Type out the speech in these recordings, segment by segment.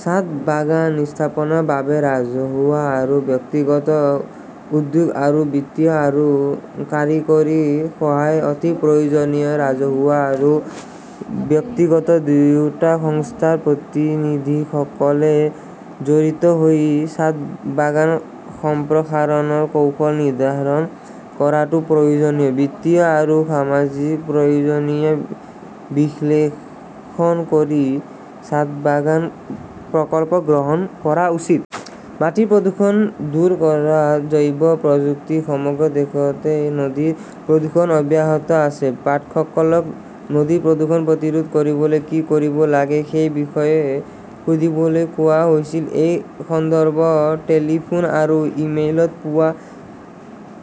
ছাদ বাগান ইস্থাপনৰ বাবে ৰাজহুৱা আৰু ব্যক্তিগত উদ্যোগ আৰু বিত্তীয় আৰু কাৰিকৰী সহায় অতি প্ৰয়োজনীয়। ৰাজহুৱা আৰু ব্যক্তিগত দুয়োটা সংস্থাৰ প্ৰতিনিধিসকলে জড়িত হৈ ছাদবাগান সম্প্ৰসাৰণৰ কৌশল নিৰ্ধাৰণ কৰাটোও প্ৰয়োজনীয়। বিত্তীয় আৰু সামাজিক প্ৰয়োজনীয়তা বিশ্লেষণ কৰি ছাদবাগান প্ৰকল্প গ্ৰহণ কৰা উচিত। মাটি প্ৰদূষণ দূৰ কৰাত জৈৱ প্ৰযুক্তি সমগ্ৰ দেশতে নদীৰ প্ৰদূষণ অব্যাহত আছে। পাঠকসকলক নদী প্ৰদূষণ প্ৰতিৰোধ কৰিবলৈ কি কৰিব লাগে, সেই বিষয়ে সুধিবলৈ কোৱা হৈছিল। এই সন্দৰ্ভত টেলিফোন আৰু ইমেইলত পোৱা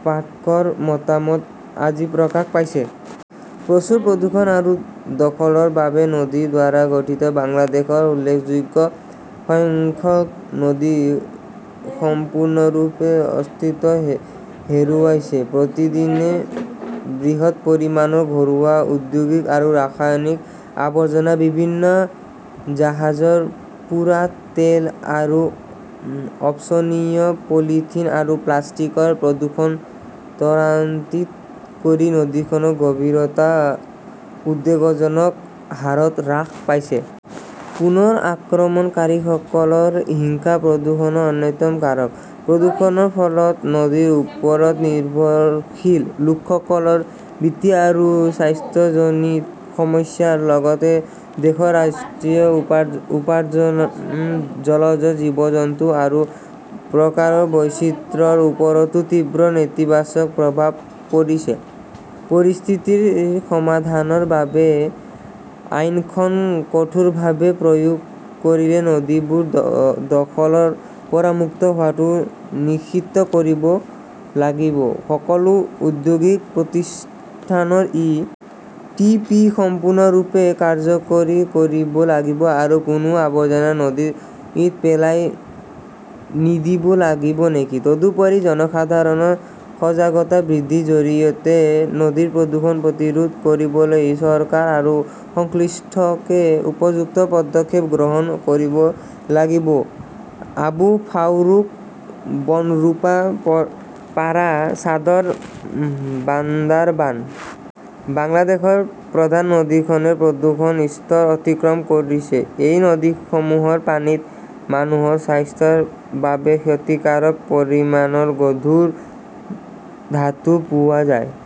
পাঠকৰ মতামত আজি প্ৰকাশ পাইছে। প্ৰচুৰ প্ৰদূষণ আৰু দখলৰ বাবে নদীৰ দ্বাৰা গঠিত বাংলাদেশৰ উল্লেখযোগ্য সংখ্যক নদী সম্পূৰ্ণৰূপে অস্তিত্ব হেৰুৱাইছে। প্ৰতিদিনে বৃহৎ পৰিমাণৰ ঘৰুৱা, ঔদ্যোগিক আৰু ৰাসায়নিক আৱৰ্জনা, বিভিন্ন জাহাজৰ পোৰা তেল আৰু অপচনীয় পলিথিন আৰু প্লাষ্টিকৰ প্ৰদূষণ ত্বৰান্বিত কৰি নদীখনৰ গভীৰতা উদ্বেগজনক হাৰত হ্ৰাস পাইছে। পুনৰ আক্ৰমণকাৰীসকলৰ হিংসা প্ৰদূষণৰ অন্যতম কাৰক। প্ৰদূষণৰ ফলত নদীৰ ওপৰত নিৰ্ভৰশীল লোকসকলৰ বিত্তীয় আৰু স্বাস্থ্যজনিত সমস্যাৰ লগতে দেশৰ ৰাষ্ট্ৰীয় উপাৰ্জন, জলজ জীৱ-জন্তু আৰু প্ৰকাৰৰ বৈচিত্ৰ্যৰ ওপৰতো তীব্ৰ নেতিবাচক প্ৰভাৱ পৰিছে। পৰিস্থিতিৰ সমাধানৰ বাবে আইনখন কঠোৰভাৱে প্ৰয়োগ কৰিলে নদীবোৰ দখলৰ পৰা মুক্ত হোৱাটো নিশ্চিত কৰিব লাগিব, সকলো ঔদ্যোগিক প্ৰতিষ্ঠানৰ ই. টি. পি. সম্পূৰ্ণৰূপে কাৰ্যকৰী কৰিব লাগিব আৰু কোনো আৱৰ্জনা নদীত পেলাই নিদিব লাগিব নেকি? তদুপৰি, জনসাধাৰণৰ সজাগতা বৃদ্ধিৰ জৰিয়তে নদীৰ প্ৰদূষণ প্ৰতিৰোধ কৰিবলৈ চৰকাৰ আৰু সংশ্লিষ্টকে উপযুক্ত পদক্ষেপ গ্ৰহণ কৰিব লাগিব। আবু ফাৰুক বনৰুপা পাৰা, ছাদৰ, বান্দাৰবান। বাংলাদেশৰ প্ৰধান নদীখনে প্ৰদূষণৰ স্তৰ অতিক্ৰম কৰিছে। এই নদীসমূহৰ পানীত মানুহৰ স্বাস্থ্যৰ বাবে ক্ষতিকাৰক পৰিমাণৰ গধুৰ ধাতু পোৱা যায়।